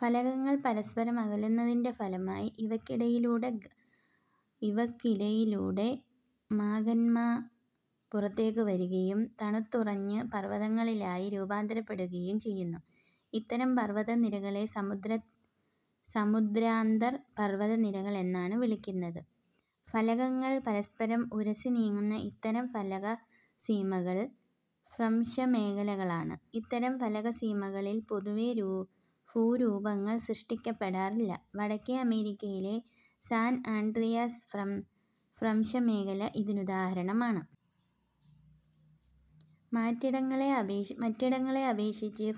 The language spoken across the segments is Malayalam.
ഫലകങ്ങൾ പരസ്പരം അകലുന്നതിന്റെ ഫലമായി ഇവയ്ക്കിടയിലൂടെ മാഗ്മ പുറത്തേക്കു വരുകയും തണുത്തുറഞ്ഞ് പർവതങ്ങളായി രൂപാന്തരപ്പെടുകയും ചെയ്യുന്നു. ഇത്തരം പർവതനിരകളെ സമുദ്രാന്തർ പർവത നിരകൾ എന്നാണ് വിളിക്കുന്നത്. ഫലകങ്ങൾ പരസ്പരം ഉരസിനീങ്ങുന്ന ഇത്തരം ഫലക സീമകൾ ഭ്രംശമേഖലകളാണ്. ഇത്തരം ഫലകസീമകളിൽ പൊതുവെ ഭൂരൂപങ്ങൾ സൃഷ്ടിക്കപ്പെടാറില്ല. വടക്കേ അമേരിക്കയിലെ സാൻ ആൻഡ്രിയാസ് ഭ്രംശമേഖല ഇതിനുദാഹരണമാണ്. മറ്റിടങ്ങളെ അപേക്ഷിച്ച്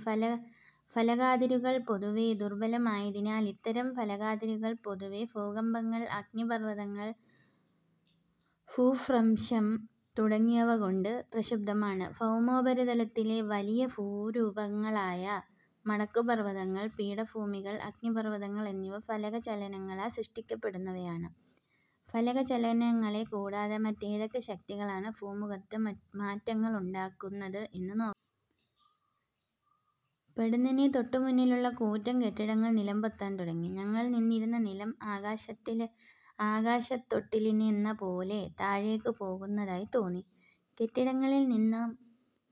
ഫലകാതിരുകൾ പൊതുവെ ദുർബലമായതിനാൽ ഇത്തരം ഫലകാതിരുകൾ പൊതുവെ ഭൂകമ്പങ്ങൾ, അഗ്നി പർവതങ്ങൾ, ഭൂഭ്രംശം തുടങ്ങിയവകൊണ്ട് പ്രക്ഷുബ്ധമാണ്. ഭൗമോപരിതലത്തിലെ വലിയ ഭൂരൂപങ്ങളായ മടക്കുപർവതങ്ങൾ, പീഠഭൂമികൾ, അഗ്നിപർവതങ്ങൾ എന്നിവ ഫലക ചലനങ്ങളാൽ സൃഷ്ടിക്കപ്പെടുന്നവയാണ്. ഫലകചലനങ്ങളെ കൂടാതെ മറ്റേതൊക്കെ ശക്തികളാണ് ഭൂമുഖത്ത് മാറ്റങ്ങളുണ്ടാക്കു ന്നത് എന്നു നോക്കൂ. പൊടുന്നനെ തൊട്ടുമുന്നിലുള്ള കൂറ്റൻ കെട്ടിടങ്ങൾ നിലംപൊത്താൻ തുട ങ്ങി. ഞങ്ങൾ നിന്നിരുന്ന നിലം ആകാശത്തൊട്ടിലിലെന്നപോലെ താഴേക്കു പോകുന്നതായി തോന്നി. കെട്ടിടങ്ങളിൽനിന്നു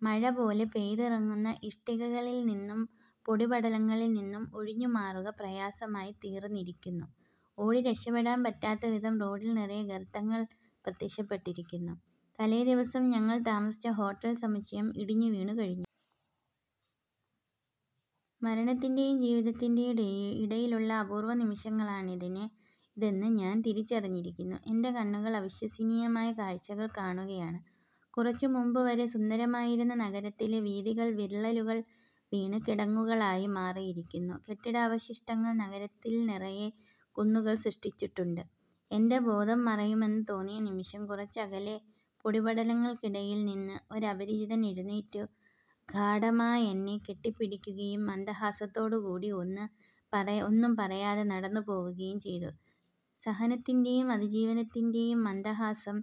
മഴപോലെ പെയ്തിറങ്ങുന്ന ഇഷ്ടികകളിൽനിന്നും പൊടിപടലങ്ങളിൽനിന്നും ഒഴിഞ്ഞുമാറുക പ്രയാസമായിത്തീർന്നിരിക്കുന്നു. ഓടി രക്ഷപ്പെടാൻ പറ്റാത്തവിധം റോഡിൽ നിറയെ ഗർത്തങ്ങൾ പ്രത്യക്ഷപ്പെട്ടിരിക്കുന്നു. തലേദിവസം ഞങ്ങൾ താമസിച്ച ഹോട്ടൽ സമുച്ചയം ഇടിഞ്ഞു വീണുകഴിഞ്ഞു. മരണത്തിന്റെയും ജീവിതത്തിന്റെയും ഇടയിലുള്ള അപൂർവനിമിഷങ്ങളാണിതെന്ന് ഞാൻ തിരിച്ചറിഞ്ഞിരിക്കുന്നു. എന്റെ കണ്ണുകൾ അവിശ്വസനീയമായ കാഴ്ചകൾ കാണുകയാണ്. കുറച്ചു മുമ്പു വരെ സുന്ദരമായിരുന്ന നഗരത്തിലെ വീഥികൾ വിള്ളലുകൾ വീണ് കിടങ്ങുകളായി മാറിയിരിക്കുന്നു. കെട്ടിടാവശിഷ്ടങ്ങൾ നഗരത്തിൽ നിറയെ കുന്നുകൾ സൃഷ്ടിച്ചിട്ടുണ്ട്. എന്റെ ബോധം മറയുമെന്ന് തോന്നിയ നിമിഷം, കുറച്ചകലെ പൊടിപടലങ്ങൾക്കിടയിൽ നിന്ന് ഒരപരിചിതൻ എഴുന്നേറ്റു വന്ന് ഗാഢമായെന്നെ കെട്ടിപ്പിടിക്കുകയും മന്ദഹാസത്തോടുകൂടി ഒന്നും പറയാതെ നടന്നുപോവുകയും ചെയ്തു; സഹനത്തിന്റെയും അതിജീവനത്തിന്റെയും മന്ദഹാസം,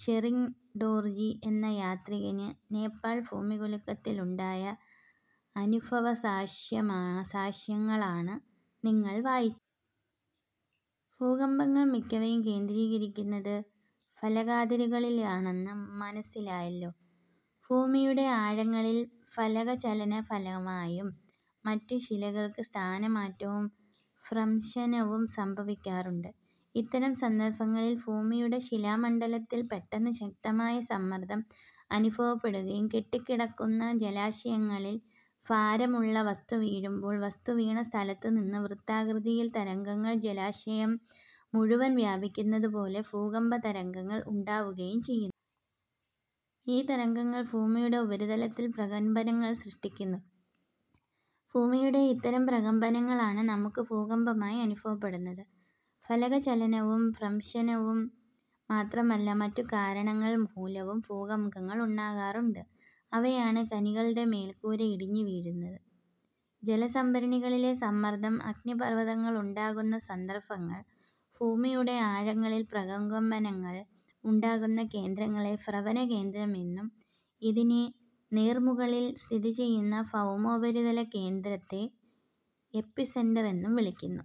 ഷെറിങ് ഡോർജി എന്ന യാത്രികന് നേപ്പാൾ ഭൂമികുലുക്കത്തിലുണ്ടായ അനുഭവസാക്ഷ്യമാണ് നിങ്ങൾ വായിച്ചത്. ഭൂകമ്പങ്ങൾ മിക്കവയും കേന്ദ്രീകരിക്കുന്നത് ഫലകാതിരുകളിലാണെന്ന് മന സ്സിലായില്ലോ? ഭൂമിയുടെ ആഴങ്ങളിൽ ഫലകചലനഫലമായും മറ്റും ശിലകൾക്ക് സ്ഥാനമാറ്റവും ഭ്രംശനവും സംഭവിക്കാറുണ്ട്. ഇത്തരം സന്ദർഭങ്ങളിൽ ഭൂമിയുടെ ശിലാ മണ്ഡലത്തിൽ പെട്ടെന്ന് ശക്തമായ സമ്മർദം അനുഭവപ്പെടുകയും കെട്ടിക്കിടക്കുന്ന ജലാശയത്തിൽ ഭാരമുള്ള വസ്തു വീഴുമ്പോൾ വസ്തു വീണ സ്ഥലത്തുനിന്നു വൃത്താകൃതിയിൽ തരംഗങ്ങൾ ജലാശയം മുഴുവൻ വ്യാപിക്കുന്നതുപോലെ ഭൂകമ്പതരംഗങ്ങൾ ഉണ്ടാവുകയും ചെയ്യുന്നു. ഈ തരംഗങ്ങൾ ഭൂമിയുടെ ഉപരിതലത്തിൽ പ്രകമ്പനങ്ങൾ സൃഷ്ടിക്കുന്നു. ഭൂമിയുടെ ഇത്തരം പ്രകമ്പനങ്ങളാണ് നമുക്ക് ഭൂകമ്പമായി അനുഭവപ്പെടുന്നത്. ഫലകചലനവും ഭ്രംശനവും മാത്രമല്ല, മറ്റു കാരണങ്ങൾ മൂലവും ഭൂകമ്പങ്ങ ളുണ്ടാകാറുണ്ട്. അവയാണ്, ഖനികളുടെ മേൽക്കൂര ഇടിഞ്ഞുവീഴുന്നത്. ജലസംഭരണികളിലെ സമ്മർദം. അഗ്നിപർവതങ്ങളുണ്ടാകുന്ന സന്ദർഭങ്ങൾ. ഭൂമിയുടെ ആഴങ്ങളിൽ പ്രകമ്പനങ്ങൾ ഉണ്ടാകുന്ന കേന്ദ്രങ്ങളെ പ്രഭവകേന്ദ്രം എന്നും ഇതിനു നേർമുകളിൽ സ്ഥിതിചെയ്യുന്ന ഭൗമോപരിതല കേന്ദ്രത്തെ എപ്പിസെന്റർ എന്നും വിളിക്കുന്നു.